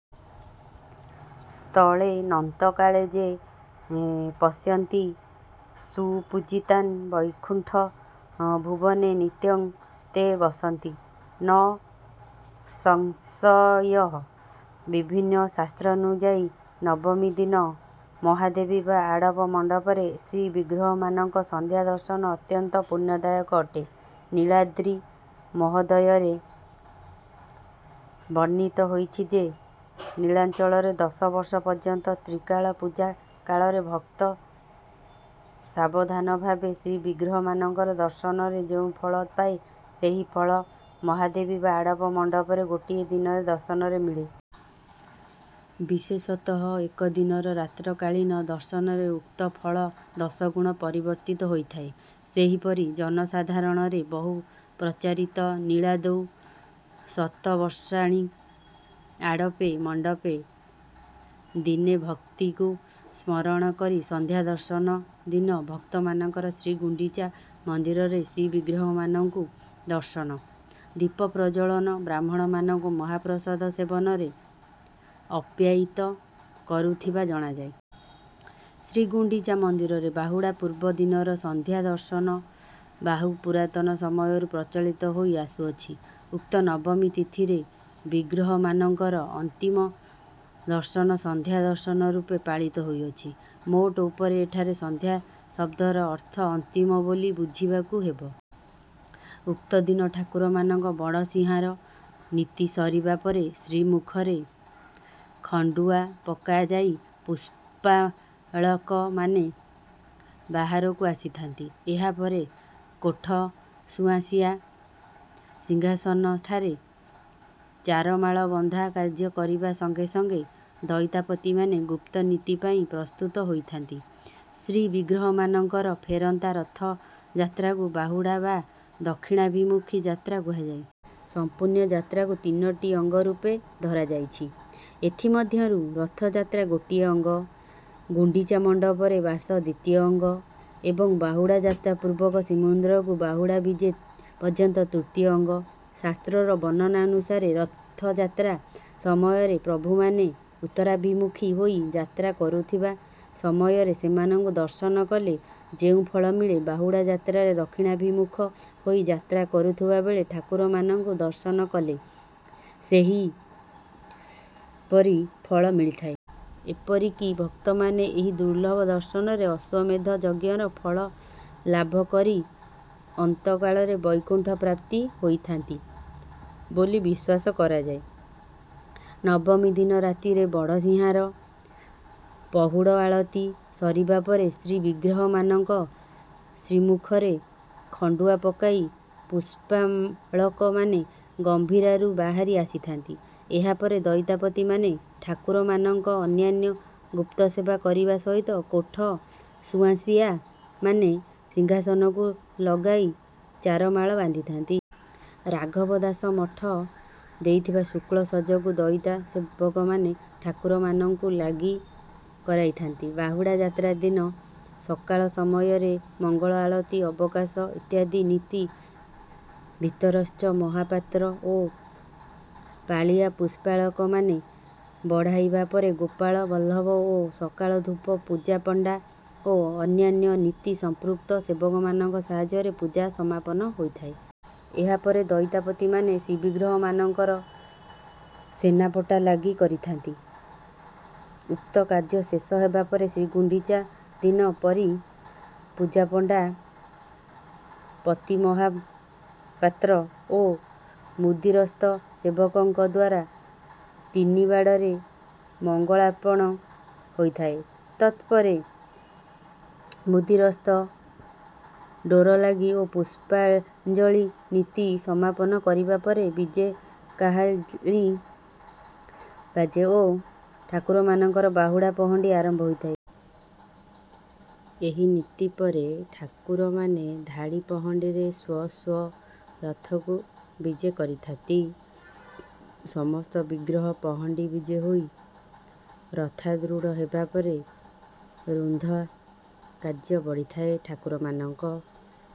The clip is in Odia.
ସ୍ଥଳେ ନକ୍ତକାଳେ ଯେ ଇ ପଶ୍ୟନ୍ତି ସୁପୂଜିତାନ୍ ବୈକୁଣ୍ଠ ଭୁବନେ ନିତ୍ୟଂ ତେ ବସନ୍ତି ନ ସଂଶୟଃ। ବିଭିନ୍ନ ଶାସ୍ତ୍ରାନୁଯାୟୀ ନବମୀ ଦିନ ମହାବେଦୀ ବା ଆଡ଼ପ ମଣ୍ଡପରେ ଶ୍ରୀବିଗ୍ରହମାନଙ୍କ ସନ୍ଧ୍ୟା ଦର୍ଶନ ଅତ୍ୟନ୍ତ ପୁଣ୍ୟଦାୟକ ଅଟେ। ନୀଳାଦ୍ରି ମହୋଦୟରେ ବର୍ଣ୍ଣିତ ହୋଇଛି ଯେ, ନୀଳାଚଳରେ ଦଶ ବର୍ଷ ପର୍ଯ୍ୟନ୍ତ ତ୍ରିକାଳ ପୂଜା କାଳରେ ଭକ୍ତ ସାବଧାନ ଭାବେ ଶ୍ରୀବିଗ୍ରହମାନଙ୍କର ଦର୍ଶନରେ ଯେଉଁ ଫଳ ପାଏ, ସେହି ଫଳ ମହାବେଦୀ ବା ଆଡ଼ପ ମଣ୍ଡପରେ ଗୋଟିଏ ଦିନର ଦର୍ଶନରେ ମିଳେ। ବିଶେଷତଃ ଏକ ଦିନର ରାତ୍ରିକାଳୀନ ଦର୍ଶନରେ ଉକ୍ତ ଫଳ ଦଶଗୁଣ ପରିବର୍ଦ୍ଧିତ ହୋଇଥାଏ। ସେହିପରି ଜନସାଧାରଣରେ ବହୁ ପ୍ରଚାରିତ ନୀଳାଦ୍ରୌ ଶତବର୍ଷାଣି ଆଡ଼ପେ ମଣ୍ଡପେ ଦିନେ ଉକ୍ତିକୁ ସ୍ମରଣ କରି ସନ୍ଧ୍ୟା ଦର୍ଶନ ଦିନ ଭକ୍ତମାନଙ୍କର ଶ୍ରୀଗୁଣ୍ଡିଚା ମନ୍ଦିରରେ ଶ୍ରୀବିଗ୍ରହମାନଙ୍କୁ ଦର୍ଶନ, ଦୀପ ପ୍ରଜ୍ଜ୍ୱଳନ, ବ୍ରାହ୍ମଣମାନଙ୍କୁ ମହାପ୍ରସାଦ ସେବନରେ ଅପ୍ୟାୟିତ କରୁଥିବା ଜଣାଯାଏ। ଶ୍ରୀଗୁଣ୍ଡିଚା ମନ୍ଦିରରେ ବାହୁଡ଼ା ପୂର୍ବ ଦିନର ସନ୍ଧ୍ୟା ଦର୍ଶନ ବାହୁ ପୁରାତନ ସମୟରୁ ପ୍ରଚଳିତ ହୋଇ ଆସୁଅଛି। ଉକ୍ତ ନବମୀ ତିଥିରେ ଶ୍ରୀବିଗ୍ରହମାନଙ୍କର ଅନ୍ତିମ ଦର୍ଶନ ସନ୍ଧ୍ୟା ଦର୍ଶନ ରୂପେ ପାଳିତ ହୋଇଅଛି। ମୋଟ ଉପରେ ଏଠାରେ ସନ୍ଧ୍ୟା ଶବ୍ଦର ଅର୍ଥ ଅନ୍ତିମ ବୋଲି ବୁଝିବାକୁ ହେବ। ଉକ୍ତଦିନ ଠାକୁରମାନଙ୍କ ବଡ଼ସିଂହାର ନୀତି ସରିବା ପରେ ଶ୍ରୀମୁଖରେ ଖଣ୍ଡୁଆ ପକାଯାଇ ପୁଷ୍ପାଳକମାନେ ବାହାରକୁ ଆସିଥାନ୍ତି। ଏହା ପରେ କୋଠ ସୁଆଁସିଆ ସିଂହାସନଠାରେ ଚାରମାଳ ବନ୍ଧା କାର୍ଯ୍ୟ କରିବା ସଙ୍ଗେ ସଙ୍ଗେ ଦଇତାପତିମାନେ ଗୁପ୍ତ ନୀତି ପାଇଁ ପ୍ରସ୍ତୁତ ହୋଇଥାନ୍ତି। ଶ୍ରୀବିଗ୍ରହମାନଙ୍କର ଫେରନ୍ତା ରଥଯାତ୍ରାକୁ ବାହୁଡ଼ା ବା ଦକ୍ଷିଣାଭିମୁଖୀ ଯାତ୍ରା କୁହାଯାଏ। ସମ୍ପୂର୍ଣ୍ଣ ଯାତ୍ରାକୁ ତିନୋଟି ଅଙ୍ଗ ରୂପେ ଧରାଯାଇଛି। ଏଥିମଧ୍ୟରୁ ରଥଯାତ୍ରା ଗୋଟିଏ ଅଙ୍ଗ, ଗୁଣ୍ଡିଚା ମଣ୍ଡପରେ ବାସ ଦ୍ୱିତୀୟ ଅଙ୍ଗ ଏବଂ ବାହୁଡ଼ା ଯାତ୍ରା ପୂର୍ବକ ଶ୍ରୀମନ୍ଦିରକୁ ବାହୁଡ଼ା ବିଜେ ପର୍ଯ୍ୟନ୍ତ ତୃତୀୟ ଅଙ୍ଗ। ଶାସ୍ତ୍ରୀୟ ବର୍ଣ୍ଣନାନୁସାରେ ରଥଯାତ୍ରା ସମୟରେ ପ୍ରଭୁମାନେ ଉତ୍ତରାଭିମୁଖୀ ହୋଇ ଯାତ୍ରା କରୁଥିବା ସମୟରେ ସେମାନଙ୍କୁ ଦର୍ଶନ କଲେ ଯେଉଁ ଫଳ ମିଳେ, ବାହୁଡ଼ା ଯାତ୍ରାରେ ଦକ୍ଷିଣାଭିମୁଖ ହୋଇ ଯାତ୍ରା କରୁଥିବା ବେଳେ ଠାକୁରମାନଙ୍କୁ ଦର୍ଶନ କଲେ ସେହିପରି ଫଳ ମିଳିଥାଏ। ଏପରିକି ଭକ୍ତମାନେ ଏହି ଦୁର୍ଲଭ ଦର୍ଶନରେ ଅଶ୍ୱମେଧ ଯଜ୍ଞର ଫଳ ଲାଭ କରି ଅନ୍ତକାଳରେ ବୈକୁଣ୍ଠ ପ୍ରାପ୍ତି ହୋଇଥାନ୍ତି ବୋଲି ବିଶ୍ୱାସ କରାଯାଏ। ନବମୀ ଦିନ ରାତିରେ ବଡ଼ସିଂହାର, ପହୁଡ଼ ଆଳତି ସରିବା ପରେ ଶ୍ରୀବିଗ୍ରହମାନଙ୍କ ଶ୍ରୀମୁଖରେ ଖଣ୍ଡୁଆ ପକାଇ ପୁଷ୍ପାଳକମାନେ ଗମ୍ଭୀରାରୁ ବାହାରି ଆସିଥାନ୍ତି। ଏହା ପରେ ଦଇତାପତିମାନେ ଠାକୁରମାନଙ୍କ ଅନ୍ୟାନ୍ୟ ଗୁପ୍ତସେବା କରିବା ସହିତ କୋଠ ସୁଆଁସିଆମାନେ ସିଂହାସନକୁ ଲଗାଇ ଚାରମାଳ ବାନ୍ଧିଥାନ୍ତି। ରାଘବ ଦାସ ମଠ ଦେଇଥିବା ଶୁକ୍ଳ ସଜକୁ ଦଇତା ସେବକମାନେ ଠାକୁରମାନଙ୍କୁ ଲାଗି କରାଇଥାନ୍ତି। ବାହୁଡ଼ା ଯାତ୍ରା ଦିନ ସକାଳ ସମୟରେ ମଙ୍ଗଳ ଆଳତି, ଅବକାଶ ଇତ୍ୟାଦି ନୀତି ଭିତରଚ୍ଛ ମହାପାତ୍ର ଓ ପାଳିଆ ପୁଷ୍ପାଳକମାନେ ବଢ଼ାଇବା ପରେ ଗୋପାଳ ବଲ୍ଲଭ ଓ ସକାଳ ଧୂପ ପୂଜାପଣ୍ଡା ଓ ଅନ୍ୟାନ୍ୟ ନୀତି ସମ୍ପୃକ୍ତ ସେବକମାନଙ୍କ ସାହାଯ୍ୟରେ ପୂଜା ସମାପନ ହୋଇଥାଏ। ଏହା ପରେ ଦଇତାପତିମାନେ ଶ୍ରୀବିଗ୍ରହମାନଙ୍କର ସେନାପଟା ଲାଗି କରିଥାନ୍ତି। ଉକ୍ତ କାର୍ଯ୍ୟ ଶେଷ ହେବାପରେ ଶ୍ରୀଗୁଣ୍ଡିଚା ଦିନ ପରି ପୂଜାପଣ୍ଡା, ପତିମହାପାତ୍ର ଓ ମୁଦିରସ୍ତ ସେବକଙ୍କ ଦ୍ୱାରା ତିନିବାଡ଼ରେ ମଙ୍ଗଳାର୍ପଣ ହୋଇଥାଏ। ତତ୍ପରେ ମୁଦିରସ୍ତ ଡୋରଲାଗି ଓ ପୁଷ୍ପାଞ୍ଜଳି ନୀତି ସମାପନ କରିବା ପରେ ବିଜେ କାହାଳୀ ବାଜେ ଓ ଠାକୁରମାନଙ୍କର ବାହୁଡ଼ା ପହଣ୍ଡି ଆରମ୍ଭ ହୋଇଥାଏ। ଏହି ନୀତି ପରେ ଠାକୁରମାନେ ଧାଡ଼ି ପହଣ୍ଡିରେ ସ୍ୱ ସ୍ୱ ରଥକୁ ବିଜେ କରିଥାନ୍ତି। ସମସ୍ତ ବିଗ୍ରହ ପହଣ୍ଡି ବିଜେ ହୋଇ ରଥାରୂଢ଼ ହେବାପରେ ରୁନ୍ଧା କାର୍ଯ୍ୟ ବଢ଼ିଥାଏ। ଠାକୁରମାନଙ୍କ